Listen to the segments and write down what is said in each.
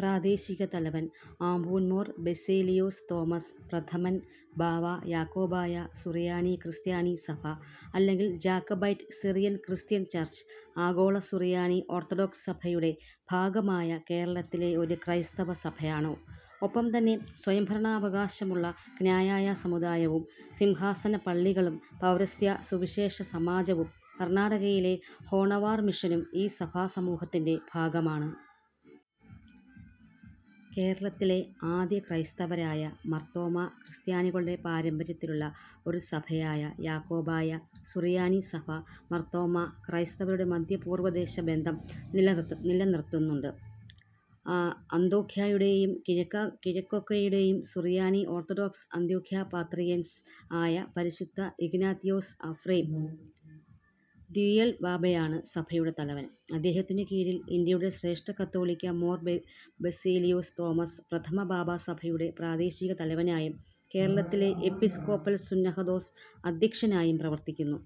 പ്രാദേശിക തലവൻ: ആബൂൻ മോർ ബസേലിയോസ് തോമസ് പ്രഥമൻ ബാവാ യാക്കോബായ സുറിയാനി ക്രിസ്ത്യാനി സഭ അല്ലെങ്കിൽ ജാക്കബൈറ്റ് സിറിയൻ ക്രിസ്ത്യൻ ചർച്, ആഗോള സുറിയാനി ഓർത്തഡോക്സ് സഭയുടെ ഭാഗമായ കേരളത്തിലെ ഒരു ക്രൈസ്തവ സഭയാണ്. ഒപ്പം തന്നെ സ്വയംഭരണാവകാശമുള്ള ക്നാനായ സമുദായവും സിംഹാസന പള്ളികളും പൗരസ്ത്യ സുവിശേഷ സമാജവും കർണാടകയിലെ ഹോണവാർ മിഷനും ഈ സഭാ സമൂഹത്തിൻ്റെ ഭാഗമാണ്. കേരളത്തിലെ ആദിക്രൈസ്തവരായ മാർത്തോമാ ക്രിസ്ത്യാനികളുടെ പാരമ്പര്യത്തിലുള്ള ഒരു സഭയായ യാക്കോബായ സുറിയാനി സഭ, മാർത്തോമാ ക്രൈസ്തവരുടെ മദ്ധ്യപൂർവ്വദേശ ബന്ധം നിലനിർത്തുന്നുണ്ട്. അന്ത്യോഖ്യായുടേയും കിഴക്കൊക്കെയുടേയും സുറിയാനി ഓർത്തഡോക്സ് അന്ത്യോഖ്യാ പാത്രിയർക്കീസ് ആയ പരിശുദ്ധ ഇഗ്നാത്തിയോസ് അഫ്രേം ദ്വിതിയൻ ബാവായാണ് സഭയുടെ തലവൻ. അദ്ദേഹത്തിനു കീഴിൽ ഇന്ത്യയുടെ ശ്രേഷ്ഠ കത്തോലിക്ക മോർ ബസേലിയോസ് തോമസ് പ്രഥമൻ ബാവാ സഭയുടെ പ്രാദേശിക തലവനായും കേരളത്തിലെ എപ്പിസ്കോപ്പൽ സുന്നഹദോസ് അദ്ധ്യക്ഷനായും പ്രവർത്തിക്കുന്നു.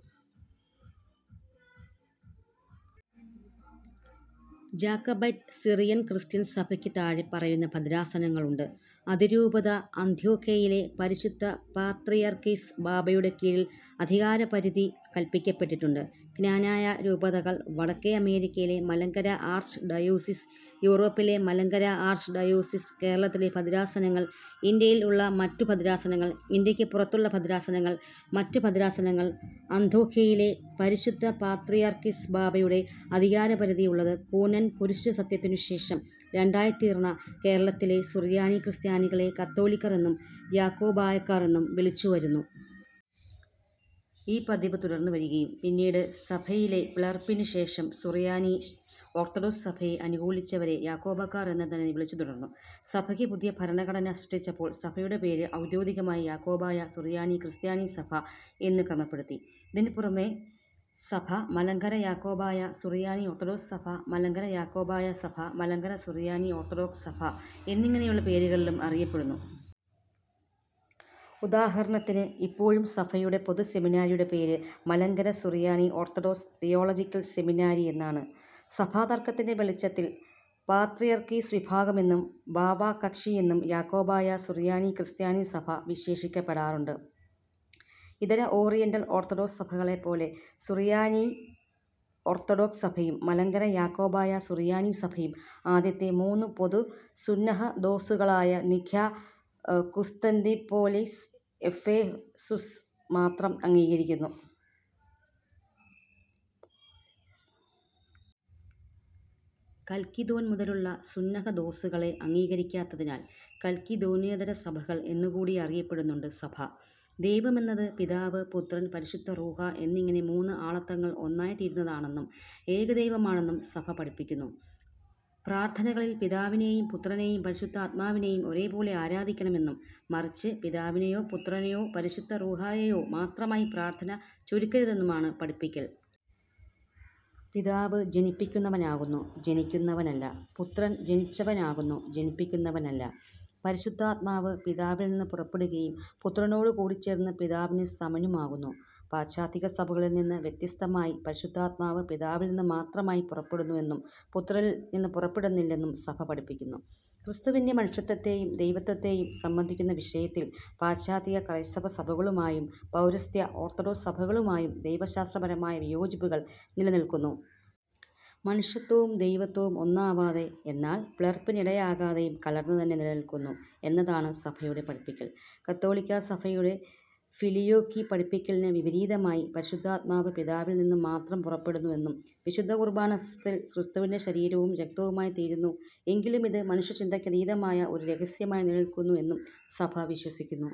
ജാക്കബൈറ്റ് സിറിയൻ ക്രിസ്ത്യൻ സഭയ്ക്ക് താഴെ പറയുന്ന ഭദ്രാസനങ്ങൾ ഉണ്ട് അതിരൂപത അന്ത്യോഖ്യയിലെ പരിശുദ്ധ പാത്രീയർക്കീസ് ബാവായുടെ കീഴിൽ അധികാരപരിധി കൽപ്പിക്കപ്പെട്ടിട്ടുണ്ട് ക്നാനായ രൂപതകൾ വടക്കേ അമേരിക്കയിലെ മലങ്കര ആർച്ച് ഡയോസീസ് യൂറോപ്പിലെ മലങ്കര ആർച്ച് ഡയോസീസ് കേരളത്തിലെ ഭദ്രാസനങ്ങൾ ഇന്ത്യയിൽ ഉള്ള മറ്റു ഭദ്രാസനങ്ങൾ ഇന്ത്യയ്ക്ക് പുറത്തുള്ള ഭദ്രാസനങ്ങൾ മറ്റ് ഭദ്രാസനങ്ങൾ അന്ത്യോഖ്യയിലെ പരിശുദ്ധ പാത്രീയർക്കീസ് ബാവായുടെ അധികാരപരിധി ഉള്ളത് കൂനൻ കുരിശു സത്യത്തിനു ശേഷം രണ്ടായിത്തീർന്ന കേരളത്തിലെ സുറിയാനി ക്രിസ്ത്യാനികളെ കത്തോലിക്കർ എന്നും യാക്കോബായക്കാർ എന്നും വിളിച്ചുവന്നിരുന്നു. ഈ പതിവ് തുടർന്ന് വരികയും പിന്നീട് സഭയിലെ പിളർപ്പിനു ശേഷം സുറിയാനി ഓർത്തഡോക്സ് സഭയെ അനുകൂലിച്ചവരെ യാക്കോബായക്കാർ എന്ന് തന്നെ വിളിച്ച് തുടർന്നു. സഭയ്ക്ക് പുതിയ ഭരണഘടന സൃഷ്ടിച്ചപ്പോൾ സഭയുടെ പേര് ഔദ്യോഗികമായി യാക്കോബായ സുറിയാനി ക്രിസ്ത്യാനി സഭ എന്ന് ക്രമപ്പെടുത്തി. ഇതിനു പുറമെ സഭ മലങ്കര യാക്കോബായ സുറിയാനി ഓർത്തഡോക്സ് സഭ, മലങ്കര യാക്കോബായ സഭ, മലങ്കര സുറിയാനി ഓർത്തഡോക്സ് സഭ എന്നിങ്ങനെയുള്ള പേരുകളിലും അറിയപ്പെടുന്നു. ഉദാഹരണത്തിനു ഇപ്പോഴും സഭയുടെ പൊതു സെമിനാരിയുടെ പേര് Malankara Suriyani orthodox theological seminary എന്നാണ്. സഭാതർക്കത്തിൻ്റെ വെളിച്ചത്തിൽ പാത്രിയർക്കീസ് വിഭാഗം എന്നും ബാവാ കക്ഷി എന്നും യാക്കോബായ സുറിയാനി ക്രിസ്ത്യാനി സഭ വിശേഷിപ്പിക്കപ്പെടാറുണ്ട്. ഇതര ഓറിയൻ്റൽ ഓർത്തഡോക്സ് സഭകളെ പോലെ സുറിയാനി ഓർത്തഡോക്സ് സഭയും മലങ്കര യാക്കോബായ സുറിയാനി സഭയും ആദ്യത്തെ മൂന്ന് പൊതു സുന്നഹദോസുകളായ നിഖ്യാ, കുസ്തന്തീനോപ്പൊലീസ്, എഫേസുസ് മാത്രം അംഗീകരിക്കുന്നു. കൽക്കിദോൻ മുതലുള്ള സുന്നഹദോസുകളെ അംഗീകരിക്കാത്തതിനാൽ കൽക്കിദോന്യേതര സഭകൾ എന്നുകൂടി അറിയപ്പെടുന്നുണ്ട് സഭ. ദൈവമെന്നത് പിതാവ് പുത്രൻ, പരിശുദ്ധ റൂഹാ എന്നിങ്ങനെ മൂന്ന് ആളത്തങ്ങൾ ഒന്നായി തീരുന്നതാണെന്നും ഏകദൈവമാണെന്നും സഭ പഠിപ്പിക്കുന്നു. പ്രാർത്ഥനകളിൽ പിതാവിനെയും പുത്രനെയും പരിശുദ്ധാത്മാവിനെയും ഒരേ പോലെ ആരാധിക്കണമെന്നും മറിച്ച് പിതാവിനോ പുത്രനോ പരിശുദ്ധ റൂഹായേയോ മാത്രമായി പ്രാർത്ഥന ചുരുക്കരുതെന്നുമാണ് പഠിപ്പിക്കൽ. "പിതാവ് ജനിപ്പിക്കുന്നവനാകുന്നു, ജനിക്കുന്നവനല്ല. പുത്രൻ ജനിച്ചവനാകുന്നു ജനിപ്പിക്കുന്നവനല്ല. പരിശുദ്ധാത്മാവ് പിതാവിൽ നിന്ന് പുറപ്പെടുകയും പുത്രനോടു കൂടി ചേർന്ന് പിതാവിനു സമനുമാവുന്നു. "പാശ്ചാത്യ സഭകളിൽ നിന്ന് വ്യത്യസ്തമായി പരിശുദ്ധാത്മാവ് പിതാവിൽ നിന്ന് മാത്രമായി പുറപ്പെടുന്നു എന്നും പുത്രനിൽ നിന്ന് പുറപ്പെടുന്നില്ല എന്നും സഭ പഠിപ്പിക്കുന്നു. ക്രിസ്തുവിൻ്റെ മനുഷ്യത്വത്തെയും ദൈവത്വത്തെയും സംബന്ധിക്കുന്ന വിഷയത്തിൽ പാശ്ചാത്യ ക്രൈസ്തവ സഭകളുമായും പൗരസ്ത്യ ഓർത്തഡോക്സ് സഭകളുമായും ദൈവശാസ്ത്രപരമായ വിയോജിപ്പുകൾ നിലനിൽക്കുന്നു. മനുഷ്യത്വവും ദൈവത്വവും ഒന്നാവാതെ എന്നാൽ പിളർപ്പിനിടയാകാതെയും കലർന്ന് തന്നെ നിലനിൽക്കുന്നു എന്നതാണ് സഭയുടെ പഠിപ്പിക്കൽ. കത്തോലിക്ക സഭയുടെ ഫിലിയോക്വി പഠിപ്പിക്കലിനു വിപരീതമായി പരിശുദ്ധാത്മാവ് പിതാവിൽ നിന്ന് മാത്രം പുറപ്പെടുന്നു എന്നും വിശുദ്ധ കുർബാന സത്തിൽ ക്രിസ്തുവിൻ്റെ ശരീരവും രക്തവുമായി തീരുന്നു എങ്കിലുമിത് മനുഷ്യചിന്തക്കതീതമായ ഒരു രഹസ്യമായി നിലനിൽക്കുന്നു എന്നും സഭ വിശ്വസിക്കുന്നു.